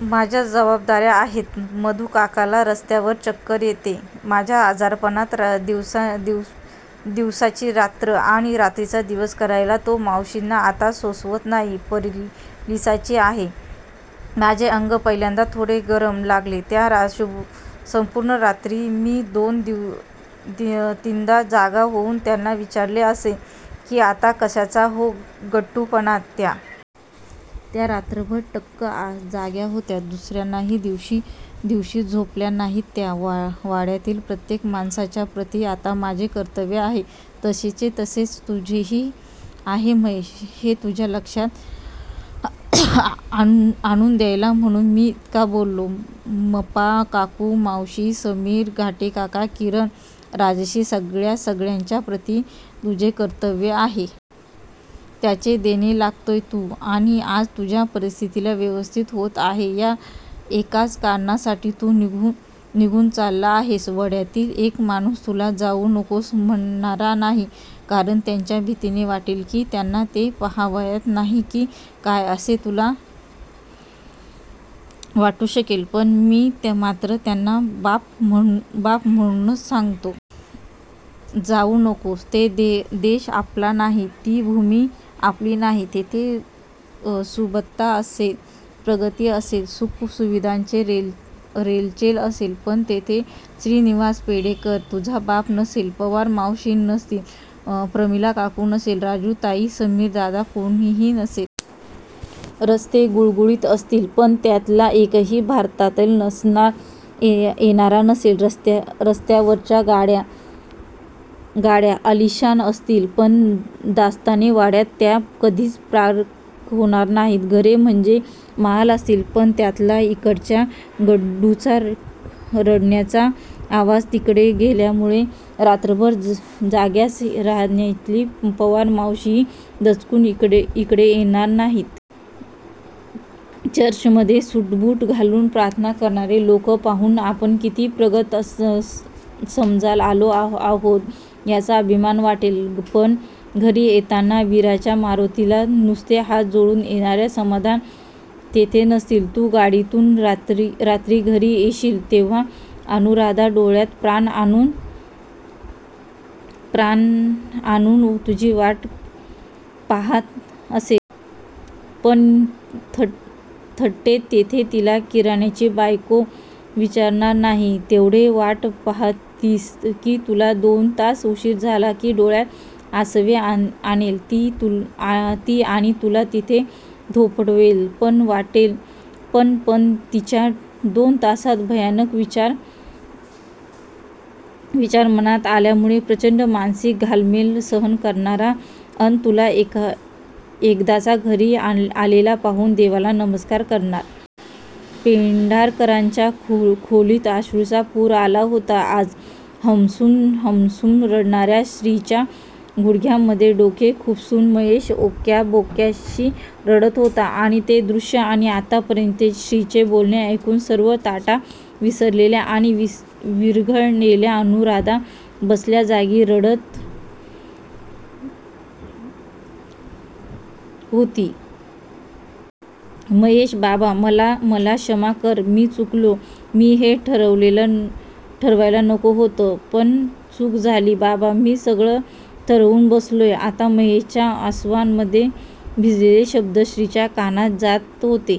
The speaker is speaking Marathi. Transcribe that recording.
माझ्या जबाबदार्या आहेत. मधूकाकाला रस्त्यात चक्कर येते. तुझ्या आजारपणात दिवसाची रात्र अन रात्रीचा दिवस करायचा तो मावशींना आता सोसत नाही. पॅरलिसीस आहे. तुझे अंग पहिल्यांदा थोडे गरम लागले त्या संपूर्ण रात्री मी दोन तीनदा जागा होऊन त्यांना विचारले असेल की आता कसाय हो गट्टू पण त्या? त्या रात्रभर टक्क जाग्या होत्या. दुसर्याही दिवशी झोपल्या नाहीत त्या! वाड्यातील प्रत्येक माणसाच्या प्रती आता माझे कर्तव्य आहे. तसेच तसेच तुझेही आहे महेश. हे तुझ्या लक्षात आणून द्यायला म्हणून मी इतका बोललो. पमा काकू, मावशी, समीर, घाटे काका, किरण राजश्री सगळ्या सगळ्यांच्या प्रती तुझे कर्तव्य आहे. त्यांचे देणे लागतोस तू आणि आज तुझी परिस्थिती व्यवस्थित होत आहे या एकाच कारणासाठी तू निघून चालला आहेस. वाड्यातील एक माणूस तुला जाऊ नकोस म्हणणार नाही, कारण त्यांना भीती वाटेल की त्यांना ते पाहावत नाही की काय असे तुला वाटू शकेल पण मी मात्र तुला बाप म्हणून सांगतो. जाऊ नकोस. तो देश आपला नाही. ती भूमी आपली नाही. तेथे सुबत्ता असेल. प्रगती असेल. सुखसुविधांची रेलचेल असेल. पण तेथे श्रीनिवास पेंढारकर. तुझा बाप नसेल. पवार मावशी नसतील. प्रमिला काकू नसेल. राजू ताई समीर दादा कुणीही नसेल. रस्ते गुळगुळीत असतील. पण त्यातला एकही भारतात येणारा नसेल. रस्त्यावरच्या गाड्या आलिशान असतील. पण दास्ताने वाड्यात त्या कधीच पार्क होणार नाहीत. घरे म्हणजे महाल असतील. पण त्यात इकडच्या गट्टूचा रडण्याचा आवाज तिकडे गेल्यामुळे रात्रभर जाग्याच राहिलेल्या पवार मावशी दचकून इकडे येणार नाहीत. चर्चमधे सुटबुट घालून प्रार्थना करणारे लोक पाहून आपण किती प्रगत समजात आलो आहोत याचा अभिमान वाटेल. पण घरी येताना वीराच्या मारुतीला नुसते हात जोडून येण्याचे समाधान तिथे नसेल. तू गाडीतून रात्री घरी येशील तेव्हा अनुराधा डोळ्यात प्राण आणून तुझी वाट पाहात असेल. पण थट्टेत तिथे तिला किरणची बायको विचारणार नाही. केवढी वाट पाहतीयस? आणि तुला दोन तास उशीर झाला तर डोळ्यात आसवे आणेल ती आणि तुला तिला थोपटावेसे पण वाटेल पण पण त्याच दोन तासात भयानक विचार मनात आल्यामुळे प्रचंड मानसिक घालमेल सहन करणारा अन तुला एकदाचा घरी आलेला पाहून देवाला नमस्कार करणारा. पेंढारकरांच्या खोलीत अश्रूंचा पूर आला होता आज! हमसून हमसून रडणार्या श्रीच्या गुडघ्यांमधे डोके खुपसून महेश ओक्साबोक्शी रडत होता आणि ते दृष्य आणि आत्तापर्यंतचे श्रीचे बोलणे ऐकून सर्व ताठा विसरलेली आणि विरघळलेली अनुराधा बसल्या जागी रडत होती. महेश बाबा मला मला क्षमा करा मी चुकलो. मी हे ठरवायला नको होते. पण चूक झाली बाबा मी सगळं ठरवून बसलोय आता महेशच्या आसवांमधे भिजलेले शब्द श्रीच्या कानात जात होते.